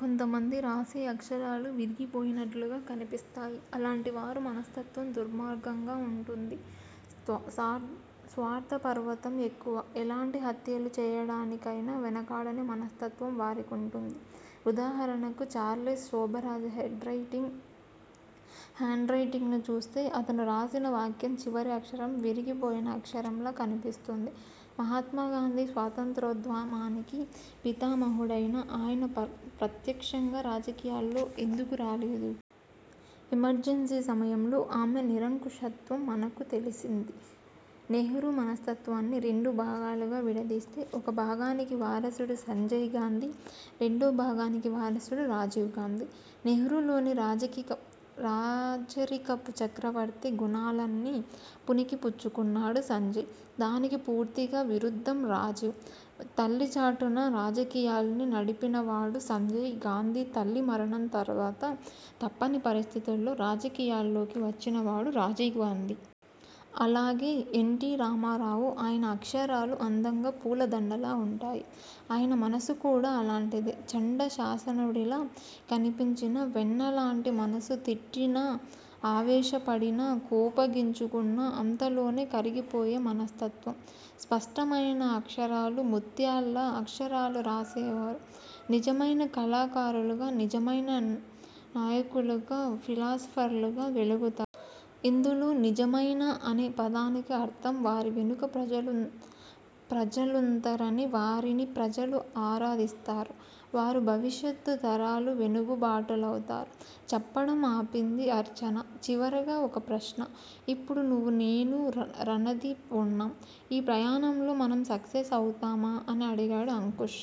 కొంతమంది రాసే అక్షరాలు విరిగిపోయినట్లుగా కనిపిస్తాయి. అలాంటివారి మనస్తత్వం దుర్మార్గంగా వుంటుంది. స్వార్ధపర్వతం ఎక్కువ. ఎలాంటి హత్యలు చేయడానికికయినా వెనుకాడని మనస్తత్వం వారికుంటుంది. ఉదాహారణకు ఛార్లెస్ శోభరాజ హేండ్రైటింగ్ ను చూస్తె అతడు రాసిన వాక్యం చివరి అక్షరం విరిగిపోయిన అక్షరంలా కనిపిస్తోంది. మహాత్మాగాంధీ స్వాతంత్రోధ్యమానికి పితామహుడైన, అయన ప్రత్యక్ష్యంగా రాజకీయాల్లో ఎందుకు రాలేదు? ఎమర్జన్సీ సమయంలో ఆమె నిరంకుశత్వం మనకు తెలిసింది. నెహ్రూ మనస్తత్వాన్ని రెండు భాగాలుగా విడదీస్తే, ఒక భాగానికి వారసుడు సంజయ్ గాంధీ, రేండో భాగానికీ వారసుడు రాజీవ్ గాంధీ. నెహ్రూలోని రాజరికపు చక్రవర్తి గుణాలన్నీ పుణికి పుచ్చుకున్నాడు సంజయ్. దానికి పూర్తిగా విరుద్దం రాజీవ్. తల్లిచాటున రాజకీయాల్ని నడిపినవాడు సంజయ్ గాంధీ తల్లి మరణం తర్వాత తప్పని పరిస్టితుల్లో రాజకీయాల్లోకి వచ్చినవాడు రాజీవ్ గాంధీ. అలాగే ఎన్. టిరామారావు. అయన అక్షరాలు అందంగా, పూలదండలా వుంటాయి. అయన మనసు కూడా అలాంటిదే. చండ శాసననుడిలా కనిపించినా, వెన్నలాంటి మనసు. తిట్టినా, అవేశాపడినా, కోపగించుకున్నా అంతలోనే కరిగిపోయే మనస్తత్వం. స్పష్టమైనా అక్షరాలూ, ముత్యాల్లా అక్షరాలు రాసేవరు నిజమైన కళాకారులుగా, నిజమైన నయుకులుగా, ఫిలాసఫర్లుగా వెలుగుతారు. ఇందులో నిజమైన అనే పదానికి అర్ధం వారి వెనుక ప్రజలుంతరణి. వారిని ప్రజలు ఆరాధిస్తారు. వారు భవిష్యత్తు తరాలు వెలుగుబాటలవుతారు చెప్పడం ఆపింది అర్చన. చివరగా ఒక ప్రశ్న. ఇప్పుడు నువ్వు, నేను, రణదీఫ్ వున్నాం ఈ ప్రయాణంలో మనం సక్సెస్ అవుతామా? అని అడిగాడు అంకుష్.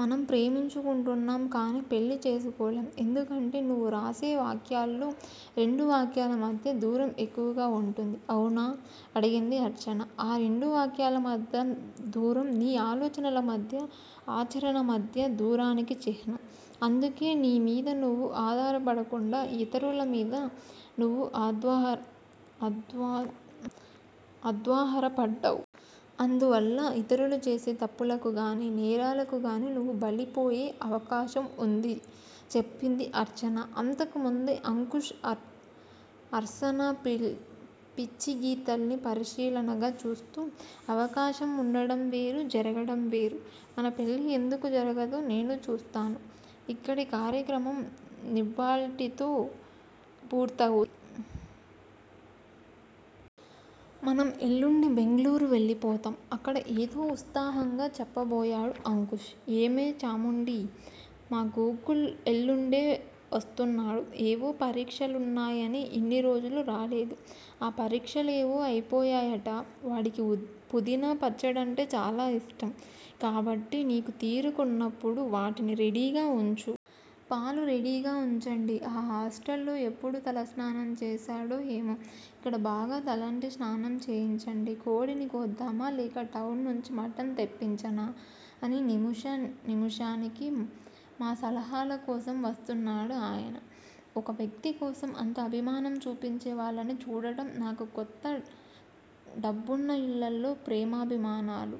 మనం ప్రేమించుకొంటున్నాం కానీ పెళ్ళి చేసుకోలేం ఎందుకంటే నువ్వు రాసే వాక్యాల్లో రెండు వాక్యాల మధ్య దూరం ఎక్కువగా వుంటుంది అవునా? అడిగింది అర్చన. ఆ రెండు వాక్యాల మధ్య దూరం నీ ఆలోచనల మధ్య ఆచరణ మధ్యా దూరానికి చిహ్నం అందుకే నీ మీద నువ్వు ఆధారపడకుండా యితురుల మీద నువ్వు అధ్వారపడ్డావ్. అందువల్లా ఇతరులు చేసే తప్పులకు గానీ, నేరాలకు గానీ నువ్వు బలిపోయే అవకాశం వుంది చెప్పింది అర్చన అంతకుముందే అంకుష్ అర్సన పిచ్చిగీతల్నీ పరిశీలనగా చూస్తూ. అవకాశం వుండడం వేరు జరగడం వేరు. మన పెళ్ళి ఎందుకు జరగదో నేను చూస్తాను. ఇక్కడి కర్యాక్రమం ఇవ్వాల్టితో పూర్తవుతో మనం ఎల్లుండి బెంగుళూరు వెళ్ళిపోతాం. అక్కడ ఏదో ఉత్సాహంగా చెప్పబోయాడు అంకుష్. ఏమే చాముండీ! మా గోకుల్ ఎల్లుండే వస్తున్నాడు, ఏవో పరీక్ష లున్నాయని ఇన్ని రోజులు రాలేదు. అ పరీక్షలేవో అయిపోయాయట. వాడికి పుదీనా పచ్చడంటే చాలా ఇష్టం, కాబట్టి నీకు తీరికున్నప్పుడు వాటిని రెడీగా వుంచు. పాలు రెడీగా వుంచండి. ఆ హాస్టల్ లో ఎప్పుడు తలస్నానం చేశాడో ఏమో! ఇక్కడ బాగా తలంటి స్నానం చేయించండి. కోడిని కోద్దామా? లేక టౌన్ నుంచి మటన్ తెప్పించనా అని నిముష నిముషానికి మా సలహాల కోసం వస్తున్నాడు ఆయన. ఒక వ్యక్తి కోసం అంత అభిమానం చూపించేవాళ్ళని చూడడం నాకు కొత్త డబ్బున్న ఇళ్ళల్లో ప్రేమాభిమానాలు